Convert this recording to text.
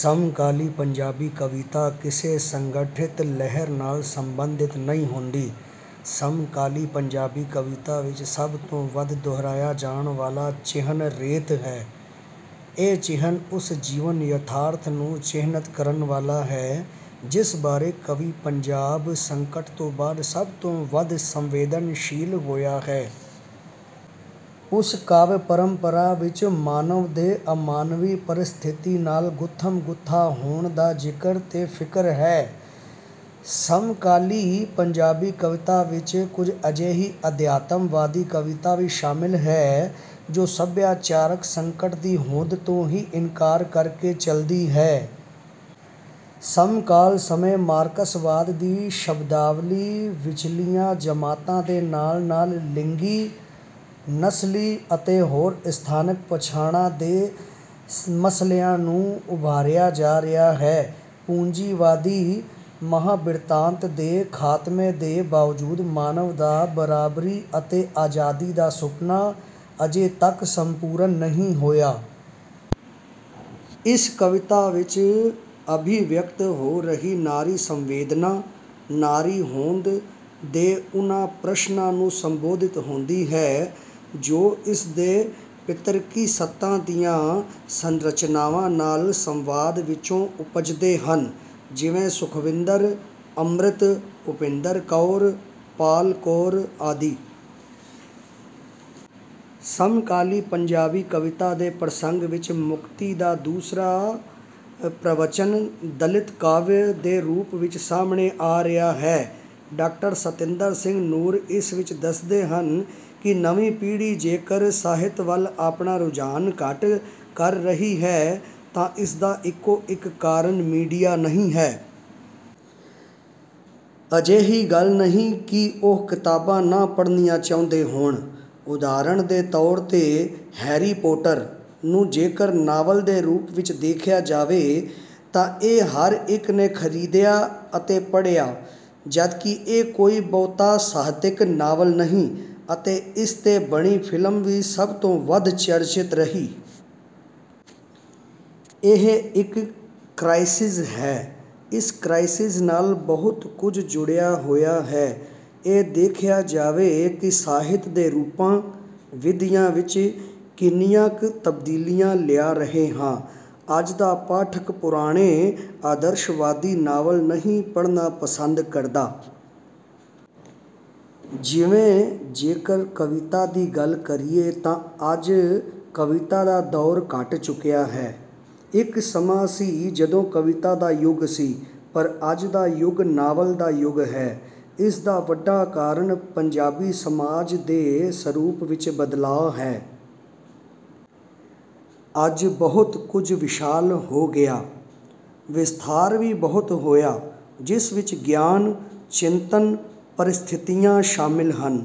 ਸਮਕਾਲੀ ਪੰਜਾਬੀ ਕਵਿਤਾ ਕਿਸੇ ਸੰਗਠਿਤ ਲਹਿਰ ਨਾਲ ਸੰਬੰਧਿਤ ਨਹੀਂ ਹੁੰਦੀ। ਸਮਕਾਲੀ ਪੰਜਾਬੀ ਕਵਿਤਾ ਵਿੱਚ ਸਭ ਤੋਂ ਵੱਧ ਦੁਹਰਾਇਆ ਜਾਣ ਵਾਲਾ ਚਿਹਨ 'ਰੇਤ' ਹੈ। ਇਹ ਚਿਹਨ ਉਸ ਜੀਵਨ- ਯਥਾਰਥ ਨੂੰ ਚਿਹਨਤ ਕਰਨ ਵਾਲਾ ਹੈ ਜਿਸ ਬਾਰੇ ਕਵੀ ਪੰਜਾਬ ਸੰਕਟ ਤੋਂ ਬਾਅਦ ਸਭ ਤੋਂ ਵੱਧ ਸੰਵੇਦਨਸ਼ੀਲ ਹੋਇਆ ਹੈ। ਉਸ ਕਾਵਿ ਪਰੰਪਰਾ ਵਿੱਚ ਮਾਨਵ ਦੇ ਅਮਾਨਵੀ ਪਰਿਸਥਿਤੀ ਨਾਲ ਗੁੱਥਮ-ਗੁੱਥਾ ਹੋਣ ਦਾ ਜ਼ਿਕਰ ਤੇ ਫਿਕਰ ਹੈ। ਸਮਕਾਲੀ ਪੰਜਾਬੀ ਕਵਿਤਾ ਵਿੱਚ ਕੁਝ ਅਜਿਹੀ ਅਧਿਆਤਮਵਾਦੀ ਕਵਿਤਾ ਵੀ ਸ਼ਾਮਲ ਹੈ ਜੋ ਸਭਿਆਚਾਰਕ ਸੰਕਟ ਦੀ ਹੋਂਦ ਤੋਂ ਹੀ ਇਨਕਾਰ ਕਰਕੇ ਚਲਦੀ ਹੈ। ਸਮਕਾਲ ਸਮੇਂ ਮਾਰਕਸਵਾਦ ਦੀ ਸ਼ਬਦਾਵਲੀ ਵਿਚਲੀਆਂ ਜਮਾਤਾਂ ਦੇ ਨਾਲ ਨਾਲ ਲਿੰਗੀ, ਨਸਲੀ ਅਤੇ ਹੋਰ ਸਥਾਨਕ ਪਛਾਣਾਂ ਦੇ ਮਸਲਿਆਂ ਨੂੰ ਉਭਾਰਿਆ ਜਾ ਰਿਹਾ ਹੈ। ਪੂੰਜੀਵਾਦੀ ਮਹਾਂਬਿਰਤਾਂਤ ਦੇ ਖ਼ਾਤਮੇ ਦੇ ਬਾਵਜੂਦ ਮਾਨਵ ਦਾ ਬਰਾਬਰੀ ਅਤੇ ਅਜ਼ਾਦੀ ਦਾ ਸੁਪਨਾ ਅਜੇ ਤੱਕ ਸੰਪੂਰਨ ਨਹੀਂ ਹੋਇਆ। ਇਸ ਕਵਿਤਾ ਵਿੱਚ ਅਭਿਵਿਅਕਤ ਹੋ ਰਹੀ ਨਾਰੀ ਸੰਵੇਦਨਾ, ਨਾਰੀ ਹੋਂਦ ਦੇ ਉਹਨਾਂ ਪ੍ਰਸ਼ਨਾਂ ਨੂੰ ਸੰਬੋਧਿਤ ਹੁੰਦੀ ਹੈ ਜੋ ਇਸਦੇ ਪਿਤਰਕੀ ਸੱਤਾ ਦੀਆਂ ਸੰਰਚਨਾਵਾਂ ਨਾਲ ਸੰਵਾਦ ਵਿਚੋਂ ਉਪਜਦੇ ਹਨ। ਜਿਵੇਂ ਸੁਖਵਿੰਦਰ ਅੰਮਿ੍ਤ, ਭੁਪਿੰਦਰ ਕੌਰ, ਪਾਲ ਕੌਰ ਆਦਿ। ਸਮਕਾਲੀ ਪੰਜਾਬੀ ਕਵਿਤਾ ਦੇ ਪ੍ਰਸੰਗ ਵਿੱਚ ਮੁਕਤੀ ਦਾ ਦੂਸਰਾ ਪ੍ਰਵਚਨ ਦਲਿਤ-ਕਾਵਿ ਦੇ ਰੂਪ ਵਿੱਚ ਸਾਹਮਣੇ ਆ ਰਿਹਾ ਹੈ। ਡਾ. ਸਤਿੰਦਰ ਸਿੰਘ ਨੂਰ ਇਸ ਵਿੱਚ ਦੱਸਦੇ ਹਨ ਕਿ ਨਵੀਂ ਪੀੜ੍ਹੀ ਜੇਕਰ ਸਾਹਿਤ ਵੱਲ ਆਪਣਾ ਰੁਝਾਨ ਘੱਟ ਕਰ ਰਹੀ ਹੈ ਤਾਂ ਇਸਦਾ ਇੱਕੋ ਇਕ ਕਾਰਨ ਮੀਡੀਆ ਨਹੀਂ ਹੈ। ਅਜਿਹੀ ਗੱਲ ਨਹੀਂ ਕਿ ਉਹ ਕਿਤਾਬਾਂ ਨਾ ਪੜ੍ਹਨੀਆਂ ਚਾਹੁੰਦੇ ਹੋਣ। ਉਦਾਹਰਣ ਦੇ ਤੌਰ ਤੇ 'ਹੈਰੀ ਪੋਟਰ' ਨੂੰ ਜੇਕਰ ਨਾਵਲ ਦੇ ਰੂਪ ਵਿੱਚ ਦੇਖਿਆ ਜਾਵੇ ਤਾਂ ਇਹ ਹਰ ਇਕ ਨੇ ਖ਼ਰੀਦਿਆ ਅਤੇ ਪੜ੍ਹਿਆ ਜਦਕਿ ਇਹ ਕੋਈ ਬਹੁਤਾ ਸਾਹਿਤਕ ਨਾਵਲ ਨਹੀਂ ਅਤੇ ਇਸਤੇ ਬਣੀ ਫ਼ਿਲਮ ਵੀ ਸਭ ਤੋਂ ਵੱਧ ਚਰਚਿਤ ਰਹੀ। ਇਹ ਇਕ ਕ੍ਰਾਈਸਿਜ਼ ਹੈ। ਇਸ ਕ੍ਰਾਈਸਿਜ਼ ਨਾਲ ਬਹੁਤ ਕੁਝ ਜੁੜਿਆ ਹੋਇਆ ਹੈ। ਇਹ ਦੇਖਿਆ ਜਾਵੇ ਕਿ ਸਾਹਿਤ ਦੇ ਰੂਪਾਂ/ ਵਿਧੀਆਂ ਵਿੱਚ ਕਿੰਨੀਆਂ ਕਿ ਤਬਦੀਲੀਆਂ ਲਿਆ ਰਹੇ ਹਾਂ। ਅੱਜ ਦਾ ਪਾਠਕ ਪੁਰਾਣੇ ਆਦਰਸ਼ਵਾਦੀ ਨਾਵਲ ਨਹੀਂ ਪੜ੍ਹਨਾ ਪਸੰਦ ਕਰਦਾ। ਜਿਵੇਂ ਜੇਕਰ ਕਵਿਤਾ ਦੀ ਗੱਲ ਕਰੀਏ ਤਾਂ ਅੱਜ ਕਵਿਤਾ ਦਾ ਦੌਰ ਘਟ ਚੁੱਕਿਆ ਹੈ। ਇਕ ਸਮਾਂ ਸੀ ਜਦੋਂ ਕਵਿਤਾ ਦਾ ਯੁਗ ਸੀ। ਪਰ ਅੱਜ ਦਾ ਯੁਗ ਨਾਵਲ ਦਾ ਯੁਗ ਹੈ। ਇਸਦਾ ਵੱਡਾ ਕਾਰਨ ਪੰਜਾਬੀ ਸਮਾਜ ਦੇ ਸਰੂਪ ਵਿੱਚ ਬਦਲਾਅ ਹੈ। ਅੱਜ ਬਹੁਤ ਕੁਝ ਵਿਸ਼ਾਲ ਹੋ ਗਿਆ। ਵਿਸਥਾਰ ਵੀ ਬਹੁਤ ਹੋਇਆ ਜਿਸ ਵਿੱਚ ਗਿਆਨ, ਚਿੰਤਨ, ਪਰਿਸਥਿਤੀਆਂ ਸ਼ਾਮਿਲ ਹਨ।